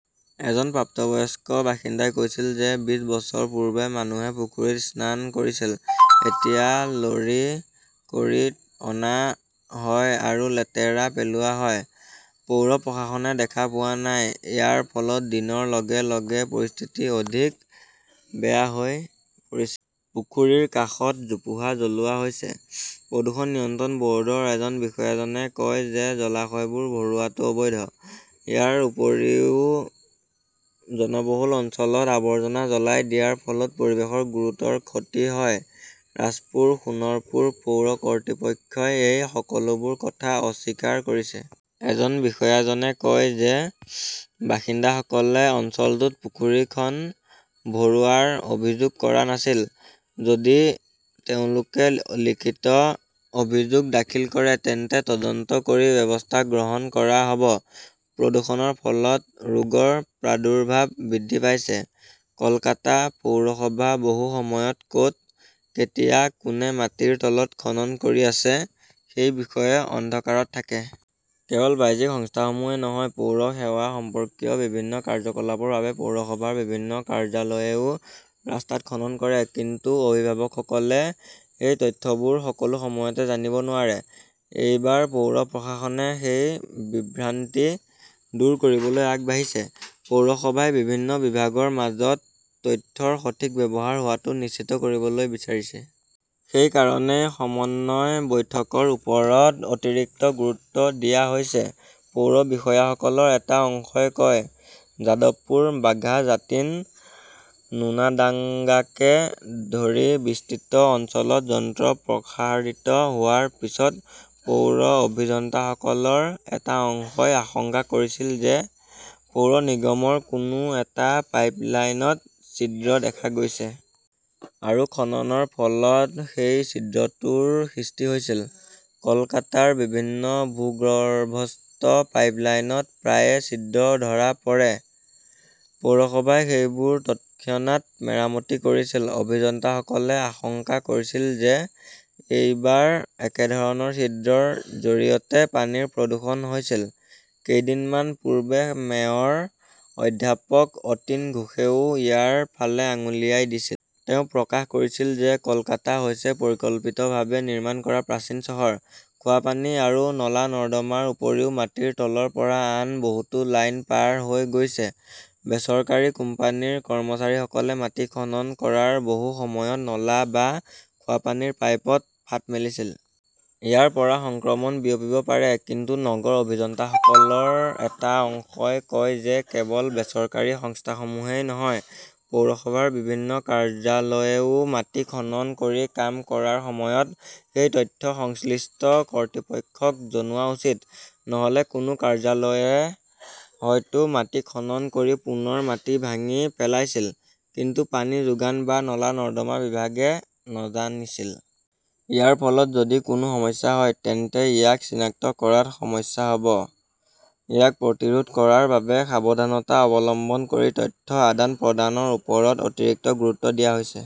এজন প্ৰাপ্তবয়স্ক বাসিন্দাই কৈছিল যে, বিশ বছৰ পূৰ্বে মানুহে পুখুৰীত স্নান কৰিছিল। এতিয়া লৰি কৰি অনা হয় আৰু লেতেৰা পেলোৱা হয়। পৌৰ প্ৰশাসনে দেখা পোৱা নাই। ইয়াৰ ফলত দিনৰ লগে লগে পৰিস্থিতি অধিক বেয়া হৈ পৰিছে। পুখুৰীৰ কাষত জোপোহা জ্বলোৱা হৈছে। প্ৰদূষণ নিয়ন্ত্ৰণ বৰ্ডৰ এজন বিষয়াজনে কয় যে, জলাশয়বোৰ ভৰোৱাটো অবৈধ। ইয়াৰ উপৰিও জনবহুল অঞ্চলত আৱৰ্জনা জ্বলাই দিয়াৰ ফলত পৰিৱেশৰ গুৰুতৰ ক্ষতি হয়। ৰাজপুৰ সোণৰপুৰ পৌৰ কৰ্তৃপক্ষই এই সকলোবোৰ কথা অস্বীকাৰ কৰিছে। এজন বিষয়াজনে কয় যে, বাসিন্দাসকলে অঞ্চলটোত পুখুৰীখন ভৰোৱাৰ অভিযোগ কৰা নাছিল। যদি তেওঁলোকে লিখিত অভিযোগ দাখিল কৰে, তেন্তে তদন্ত কৰি ব্যৱস্থা গ্ৰহণ কৰা হব। প্ৰদূষণৰ ফলত ৰোগৰ প্ৰাদুৰ্ভাৱ বৃদ্ধি পাইছে। কলকাতা পৌৰসভা বহু সময়ত ক'ত, কেতিয়া, কোনে মাটিৰ তলত খনন কৰি আছে, সেই বিষয়ে অন্ধকাৰত থাকে। কেৱল বাহ্যিক সংস্থাসমূহেই নহয়, পৌৰ সেৱা সম্পৰ্কীয় বিভিন্ন কাৰ্যকলাপৰ বাবে পৌৰসভাৰ বিভিন্ন কাৰ্যালয়েও ৰাস্তাত খনন কৰে। কিন্তু অভিভাৱকসকলে সেই তথ্যবোৰ সকলো সময়তে জানিব নোৱাৰে। এইবাৰ পৌৰ প্ৰশাসনে সেই "বিভ্ৰান্তি" দূৰ কৰিবলৈ আগবাঢ়িছে। পৌৰসভাই বিভিন্ন বিভাগৰ মাজত তথ্যৰ সঠিক ব্যৱহাৰ হোৱাটো নিশ্চিত কৰিবলৈ বিচাৰিছে। সেই কাৰণেই সমন্বয় বৈঠকৰ ওপৰত অতিৰিক্ত গুৰুত্ব দিয়া হৈছে, পৌৰ বিষয়াসকলৰ এটা অংশই কয়। যাদৱপুৰ, বাঘা জাটিন, নোনাডাঙ্গাকে ধৰি বিস্তৃত অঞ্চলত যন্ত্ৰ প্ৰসাৰিত হোৱাৰ পিছত পৌৰ অভিযন্তাসকলৰ এটা অংশই আশংকা কৰিছিল যে, পৌৰ নিগমৰ কোনো এটা পাইপলাইনত ছিদ্ৰ দেখা গৈছে। আৰু খননৰ ফলত সেই ছিদ্ৰটোৰ সৃষ্টি হৈছিল। কলকাতাৰ বিভিন্ন ভূগৰ্ভস্থ পাইপলাইনত প্ৰায়ে ছিদ্ৰ ধৰা পৰে। পৌৰসভাই সেইবোৰ তৎক্ষণাত মেৰামতি কৰিছিল। অভিযন্তাসকলে আশংকা কৰিছিল যে, এইবাৰ একেধৰণৰ ছিদ্ৰৰ জৰিয়তে পানীৰ প্ৰদূষণ হৈছিল। কেইদিনমান পূৰ্বে মেয়ৰ অধ্যাপক অতীন ঘোষেও ইয়াৰ ফালে আঙুলিয়াই দিছিল। তেওঁ প্ৰকাশ কৰিছিল যে, কলকাতা হৈছে পৰিকল্পিতভাৱে নিৰ্মাণ কৰা প্ৰাচীন চহৰ। খোৱাপানী আৰু নলা-নৰ্দমাৰ উপৰিও মাটিৰ তলৰ পৰা আন বহুতো লাইন পাৰ হৈ গৈছে। বেচৰকাৰী কোম্পানীৰ কৰ্মচাৰীসকলে মাটি খনন কৰাৰ বহু সময়ত নলা বা খোৱাপানীৰ পাইপত ফাট মেলিছিল। ইয়াৰ পৰা সংক্ৰমণ বিয়পিব পাৰে। কিন্তু নগৰ অভিযন্তাসকলৰ এটা অংশই কয় যে, কেৱল বেচৰকাৰী সংস্থাসমূহেই নহয়, পৌৰসভাৰ বিভিন্ন কাৰ্যালয়েও মাটি খনন কৰি কাম কৰাৰ সময়ত সেই তথ্য সংশ্লিষ্ট কৰ্তৃপক্ষক জনোৱা উচিত। নহলে কোনো কাৰ্যালয়ে হয়তো মাটি খনন কৰি পুনৰ মাটি ভাঙি পেলাইছিল, কিন্তু পানী যোগান বা নলা-নৰ্দমা বিভাগে নাজানিছিল। ইয়াৰ ফলত যদি কোনো সমস্যা হয়, তেন্তে ইয়াক চিনাক্ত কৰাত সমস্যা হব। ইয়াক প্ৰতিৰোধ কৰাৰ বাবে সাৱধানতা অৱলম্বন কৰি তথ্য আদান-প্ৰদানৰ ওপৰত অতিৰিক্ত গুৰুত্ব দিয়া হৈছে।